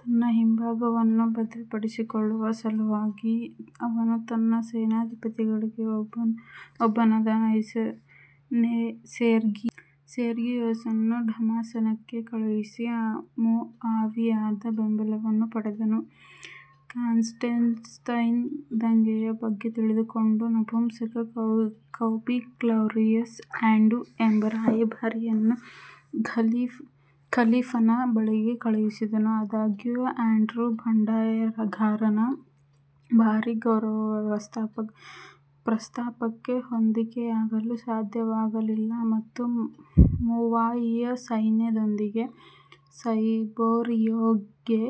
ತನ್ನ ಹಿಂಭಾಗವನ್ನು ಭದ್ರಪಡಿಸಿಕೊಳ್ಳುವ ಸಲುವಾಗಿ, ಅವನು ತನ್ನ ಸೇನಾಧಿಪತಿಗಳಲ್ಲಿ ಒಬ್ಬನಾದ ಸೆರ್ಗಿಯೋಸ್ನನ್ನು ಡಮಾಸ್ಕಸ್ಗೆ ಕಳುಹಿಸಿ ಮುಆವಿಯದ ಬೆಂಬಲವನ್ನು ಪಡೆದನು. ಕಾನ್ಸ್ಟಂಟೈನ್, ದಂಗೆಯ ಬಗ್ಗೆ ತಿಳಿದುಕೊಂಡು, ನಪುಂಸಕ ಕೌಬಿಕೌಲಾರಿಯಸ್ ಆಂಡ್ರ್ಯೂ ಎಂಬ ರಾಯಭಾರಿಯನ್ನು ಖಲೀಫನ ಬಳಿಗೆ ಕಳುಹಿಸಿದನು. ಆದಾಗ್ಯೂ, ಆಂಡ್ರ್ಯೂ, ಬಂಡಾಯಗಾರನ ಭಾರೀ ಗೌರವದ ಪ್ರಸ್ತಾಪಕ್ಕೆ ಹೊಂದಿಕೆಯಾಗಲು ಸಾಧ್ಯವಾಗಲಿಲ್ಲ ಮತ್ತು ಮುವಾಯಿಯಾ ಸೈನ್ಯದೊಂದಿಗೆ ಸಬೋರಿಯೊಸ್ಗೆ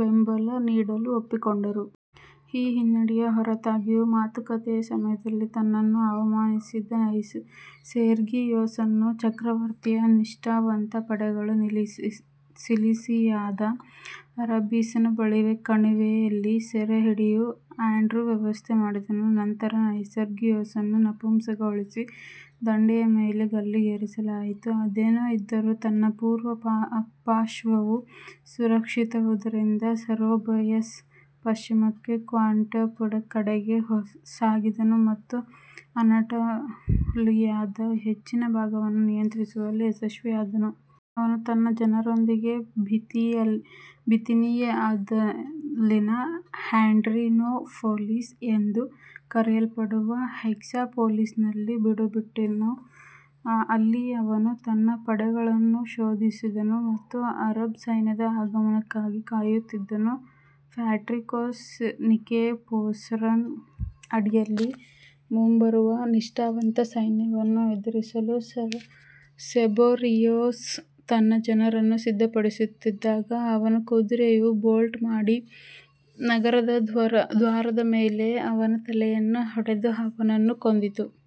ಬೆಂಬಲ ನೀಡಲು ಒಪ್ಪಿಕೊಂಡರು. ಈ ಹಿನ್ನಡೆಯ ಹೊರತಾಗಿಯೂ, ಮಾತುಕತೆಯ ಸಮಯದಲ್ಲಿ ತನ್ನನ್ನು ಅವಮಾನಿಸಿದ ಸೆರ್ಗಿಯೋಸ್ನನ್ನು ಚಕ್ರವರ್ತಿಯ ನಿಷ್ಠಾವಂತ ಪಡೆಗಳು ಸಿಲಿಸಿಯಾದ ಅರಬಿಸ್ಸಸ್ ಬಳಿಯ ಕಣಿವೆಯಲ್ಲಿ ಸೆರೆಹಿಡಿಯಲು ಆಂಡ್ರ್ಯೂ ವ್ಯವಸ್ಥೆ ಮಾಡಿದನು. ನಂತರ ಸೆರ್ಗಿಯೋಸ್ನನ್ನು ನಪುಂಸಕಗೊಳಿಸಿ ದಂಡೆಯ ಮೇಲೆ ಗಲ್ಲಿಗೇರಿಸಲಾಯಿತು. ಅದೇನೇ ಇದ್ದರೂ, ತನ್ನ ಪೂರ್ವದ ಪಾರ್ಶ್ವವು ಸುರಕ್ಷಿತವಾಗಿರುವುದರಿಂದ, ಸಬೋರಿಯಸ್ ಪಶ್ಚಿಮಕ್ಕೆ ಕಾನ್ಸ್ಟಾಂಟಿನೋಪಲ್ ಕಡೆಗೆ ಸಾಗಿದನು ಮತ್ತು ಅನಾಟೋಲಿಯಾದ ಹೆಚ್ಚಿನ ಭಾಗವನ್ನು ನಿಯಂತ್ರಿಸುವಲ್ಲಿ ಯಶಸ್ವಿಯಾದನು. ಅವನು ತನ್ನ ಜನರೊಂದಿಗೆ ಬಿಥಿನಿಯಾದಲ್ಲಿನ ಹ್ಯಾಡ್ರಿಯಾನೊಪೊಲಿಸ್ ಎಂದೂ ಕರೆಯಲ್ಪಡುವ ಹೆಕ್ಸಾಪೊಲಿಸ್ನಲ್ಲಿ ಬೀಡುಬಿಟ್ಟನು, ಅಲ್ಲಿ ಅವನು ತನ್ನ ಪಡೆಗಳನ್ನು ಶೋಧಿಸಿದನು ಮತ್ತು ಅರಬ್ ಸೈನ್ಯದ ಆಗಮನಕ್ಕಾಗಿ ಕಾಯುತ್ತಿದ್ದನು. ಪ್ಯಾಟ್ರಿಕೋಸ್ ನಿಕೆಫೊರೊಸ್ನ ಅಡಿಯಲ್ಲಿ ಮುಂಬರುವ ನಿಷ್ಠಾವಂತ ಸೈನ್ಯವನ್ನು ಎದುರಿಸಲು ಸಬೋರಿಯೊಸ್ ತನ್ನ ಜನರನ್ನು ಸಿದ್ಧಪಡಿಸುತ್ತಿದ್ದಾಗ, ಅವನ ಕುದುರೆಯು ಬೋಲ್ಟ್ ಮಾಡಿ, ನಗರದ ದ್ವಾರದ ಮೇಲೆ ಅವನ ತಲೆಯನ್ನು ಹೊಡೆದು ಅವನನ್ನು ಕೊಂದಿತು.